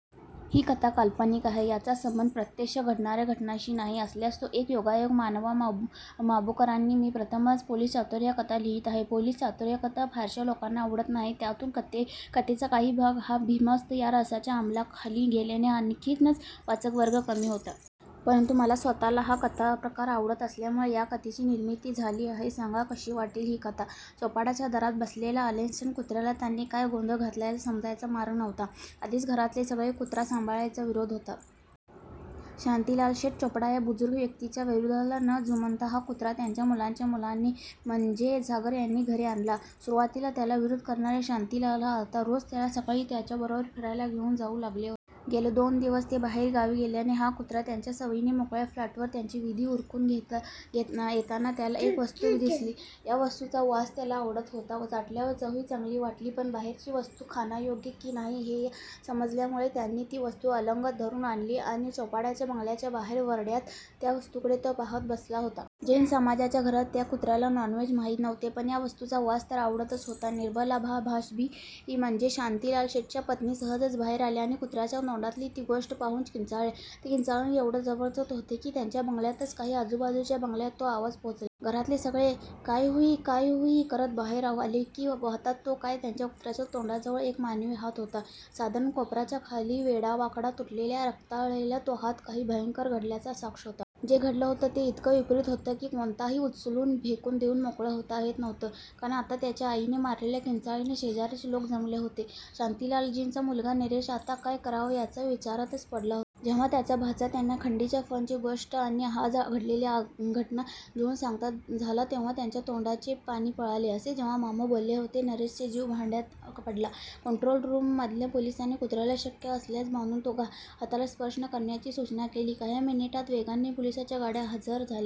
ही कथा काल्पनिक आहे. याचा संबंध प्रत्यक्ष घडणार्या घटनांशी नाही. असल्यास तो एक योगायोग मानावा. माबोकरांनो मी प्रथमच पोलीस चातुर्य कथा लिहीत आहे. पोलीस चातुर्यकथा फारश्या लोकांना आवडत नाहीत. त्यातुन कथेचा काही भाग हा बिभत्स या रसाच्या अमला खाली गेल्याने आणखीनच वाचक वर्ग कमी होतो. परंतु मला स्वतःला हा कथाप्रकार आवडत असल्यामुळे या कथेची निर्मीती झाली आहे. सांगा कशी वाटली ही कथा. चोपडांच्या दारात बसलेल्या अल्सेशन कुत्र्याला त्याने काय गोंधळ घातलाय समजायचा मार्ग नव्हता. आधीच घरातले सगळे कुत्रा सांभाळण्याच्या विरोधात होते. शांतीलालशेठ चोपडा या बुजुर्ग व्यक्तिच्या विरोधाला न जुमानता हा कुत्रा त्यांच्या मुलाच्या मुलाने म्हणजे सागर याने घरी आणला. सुरवातीला त्याला विरोध करणारे शांतीलाल आता रोज त्याला सकाळी त्यांच्या बरोबर फिरायला घेऊन जाऊ लागले होते. गेले दोन दिवस ते बाहेर गावी गेल्याने हा कुत्रा त्याच्या सवयीने मोकळ्या प्लॉटवर त्याचे विधी उरकुन येताना त्याला एक वस्तु दिसली. या वस्तुचा वास त्याला आवडत होता. चाटल्यावर चवही चांगली वाटली पण बाहेरची वस्तु खाण्यायोग्य कि नाही हे न समजल्यामुळे त्याने ती वस्तु अलगद धरुन आणली आणी चोपडांच्या बंगल्याच्या बाहेर व्हरांड्यात त्या वस्तुकडे तो पहात बसला होता. जैन समाजाच्या घरात त्या कुत्र्याला नॉनव्हेज माहित नव्हते पण या वस्तुचा वास तर आवडत होता. निर्मलाभाबी म्हणजे शांतीलालशेठ्च्या पत्नी सहजच बाहेर आल्या आणि कुत्र्याच्या तोंडातली ती गोष्ट पाहुन किंचाळल्या. ते किंचाळण येव्हड जबरदस्त होत की त्यांच्या बंगल्यातच काय आजुबाजुच्या बंगल्यात तो आवाज पोहोचला. घरातले सगळे " कई हुवे कई हुवे " करत बाहेर आले, आणि पहातात तो काय त्यांच्या कुत्र्याच्या तोंडाजवळ एक मानवी हात होता. साधारण कोपाराच्या खाली वेडावा़कडा तुटलेला रक्ताळलेला तो हात काही भयंकर घडल्याची साक्ष होता. जे घडल होत ते इतक विपरीत होत की कोणाहाती उचलुन फेकुन देऊन मोकळ होता येत नव्हत. कारण आता त्याच्या आईने मारलेल्या किंचाळीने शेजारचे लोक जमले होते. शांतीलालजींचा मुलगा नरेश आता काय कराव याच्या विचारात पडला होता. जेव्हा त्यांचा भाचा त्यांना खंडणीच्या फोनची गोष्ट आणि आज घडलेली घटना जुळवुन सांगता झाला तेव्हा त्यांच्या तोंडचे पाणी पळाले. "असे जेव्हा मामा बोलले तेव्हा नरेशचा जीव भांड्यात पडला. कंट्रोल रुम मधल्या पोलीसांनी कुत्र्याला शक्य असल्यास बांधुन त्या हाताला स्पर्श न करण्याची सुचना केली. काही मिनीटात वेगाने पोलीसांच्या गाड्या हजर झाल्या.